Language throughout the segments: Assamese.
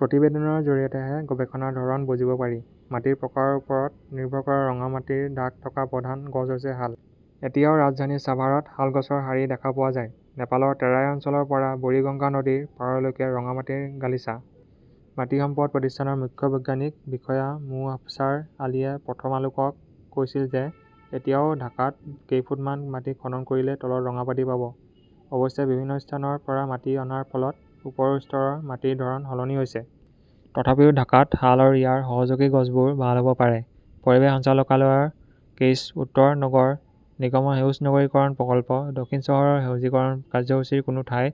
প্ৰতিবেদনৰ জৰিয়তেহে গৱেষণাৰ ধৰণ বুজিব পাৰি। মাটিৰ প্ৰকাৰৰ ওপৰত নিৰ্ভৰ কৰি ৰঙা মাটিৰ ঢাক থকা প্ৰধান গছ হৈছে শাল। এতিয়াও ৰাজধানী চাভাৰত শাল গছৰ শাৰী দেখা পোৱা যায়। নেপালৰ টেৰাই অঞ্চলৰ পৰা বুৰিগঙ্গা নদীৰ পাৰলৈকে ৰঙা মাটিৰ গালিচা। মাটি সম্পদ প্ৰতিষ্ঠানৰ মুখ্য বৈজ্ঞানিক বিষয়া মো. আফচাৰ আলীয়ে প্ৰথম আলোকক কৈছিল যে এতিয়াও ঢাকাত কেইফুট মান মাটি খনন কৰিলে তলত ৰঙা মাটি পাব। অৱশ্যে, বিভিন্ন স্থানৰ পৰা মাটি অনাৰ ফলত ওপৰৰ স্তৰৰ মাটিৰ ধৰণ সলনি হৈছে। তথাপিও ঢাকাত শাল আৰু ইয়াৰ সহযোগী গছবোৰ ভাল হ'ব পাৰে। পৰিৱেশ সঞ্চালকালয়ৰ কেইছ, উত্তৰ নগৰ নিগমৰ সেউজ নগৰীকৰণ প্ৰকল্প, দক্ষিণ চহৰৰ সেউজীকৰণ কাৰ্যসূচীৰ কোনো ঠাইত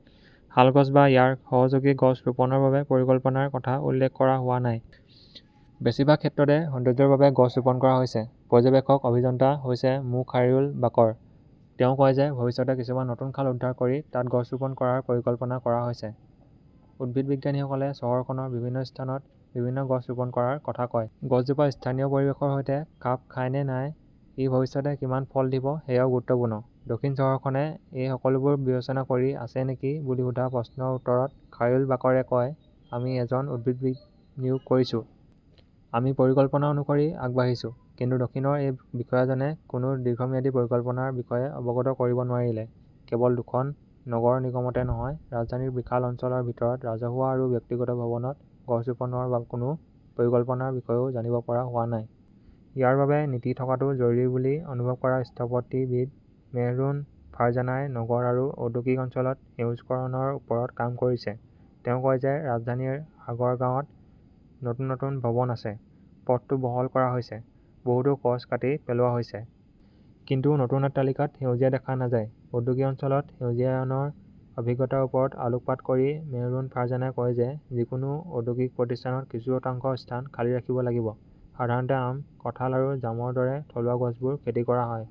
শাল গছ বা ইয়াৰ সহযোগী গছ ৰোপণৰ বাবে পৰিকল্পনাৰ কথা উল্লেখ কৰা হোৱা নাই। বেছিভাগ ক্ষেত্ৰতে, সৌন্দৰ্য্যৰ বাবে গছ ৰোপণ কৰা হৈছে। পৰ্যবেক্ষক অভিযন্তা হৈছে মো. খাইৰুল বাকৰ। তেওঁ কয় যে ভৱিষ্যতে কিছুমান নতুন খাল উদ্ধাৰ কৰি তাত গছ ৰোপণ কৰাৰ পৰিকল্পনা কৰা হৈছে। উদ্ভিদবিজ্ঞানীসকলে চহৰখনৰ বিভিন্ন স্থানত বিভিন্ন গছ ৰোপণ কৰাৰ কথা কয়। গছজোপা স্থানীয় পৰিৱেশৰ সৈতে খাপ খায় নে নাই, ই ভৱিষ্যতে কিমান ফল দিব সেয়াও গুৰুত্বপূৰ্ণ। দক্ষিণ চহৰখনে এই সকলোবোৰ বিবেচনা কৰি আছে নেকি বুলি সোধা প্ৰশ্নৰ উত্তৰত খাইৰুল বাকৰে কয়, আমি এজন উদ্ভিদবিদ নিয়োগ কৰিছো। আমি পৰিকল্পনা অনুসৰি আগবাঢ়িছো। কিন্তু দক্ষিণৰ এই বিষয়াজনে কোনো দীৰ্ঘম্যাদী পৰিকল্পনাৰ বিষয়ে অৱগত কৰিব নোৱাৰিলে। কেৱল দুখন নগৰ নিগমতে নহয়, ৰাজধানীৰ বিশাল অঞ্চলৰ ভিতৰত ৰাজহুৱা আৰু ব্যক্তিগত ভৱনত গছ ৰোপণৰ কোনো পৰিকল্পনাৰ বিষয়েও জানিব পৰা হোৱা নাই। ইয়াৰ বাবে নীতি থকাটো জৰুৰী বুলি অনুভৱ কৰা স্থপতিবিদ মেহৰুন ফাৰ্জানাই নগৰ আৰু ঔদ্যোগিক অঞ্চলত সেউজকৰণৰ ওপৰত কাম কৰিছে। তেওঁ কয় যে ৰাজধানী আগৰগাঁৱত নতুন নতুন ভৱন আছে। পথটো বহল কৰা হৈছে। বহুতো গছ কাটি পেলোৱা হৈছে। কিন্তু নতুন অট্টালিকাত সেউজীয়া দেখা নাযায়। ঔদ্যোগিক অঞ্চলত সেউজায়নৰ অভিজ্ঞতাৰ ওপৰত আলোকপাত কৰি মেহৰুন ফাৰ্জানাই কয় যে যিকোনো ঔদ্যোগিক প্ৰতিষ্ঠানত কিছু শতাংশ স্থান খালী ৰাখিব লাগিব। সাধাৰণতে আম, কাঁঠাল আৰু জামৰ দৰে থলুৱা গছবোৰ খেতি কৰা হয়।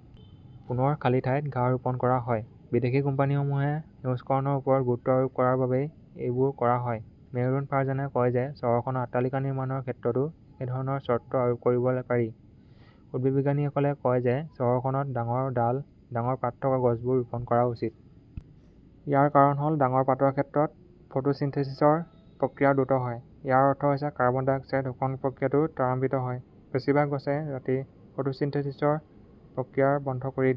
পুনৰ খালী ঠাইত ঘাঁহ ৰোপণ কৰা হয়। বিদেশী কোম্পানীসমূহে সেউজকৰণৰ ওপৰত গুৰুত্ব আৰোপ কৰাৰ বাবেই এইবোৰ কৰা হয়। মেহৰুন ফাৰ্জানাই কয় যে চহৰখনত অট্টালিকা নিৰ্মাণৰ ক্ষেত্ৰতো একেধৰণৰ চৰ্ত আৰোপ কৰিব পাৰি। উদ্ভিদবিজ্ঞানীসকলে কয় যে চহৰখনত ডাঙৰ ডাল, ডাঙৰ পাত থকা গছবোৰ ৰোপণ কৰা উচিত। ইয়াৰ কাৰণ হ'ল, ডাঙৰ পাতৰ ক্ষেত্ৰত ফটোচিনথেসিসৰ প্ৰক্ৰিয়া দ্ৰুত হয়। ইয়াৰ অৰ্থ হৈছে কাৰ্বন ডাই অক্সাইড শোষণ প্ৰক্ৰিয়াটো ত্বৰান্বিত হয়। বেছিভাগ গছে ৰাতি‌ ফটোচিনথেসিসৰ প্ৰক্ৰিয়া বন্ধ কৰি দিয়ে।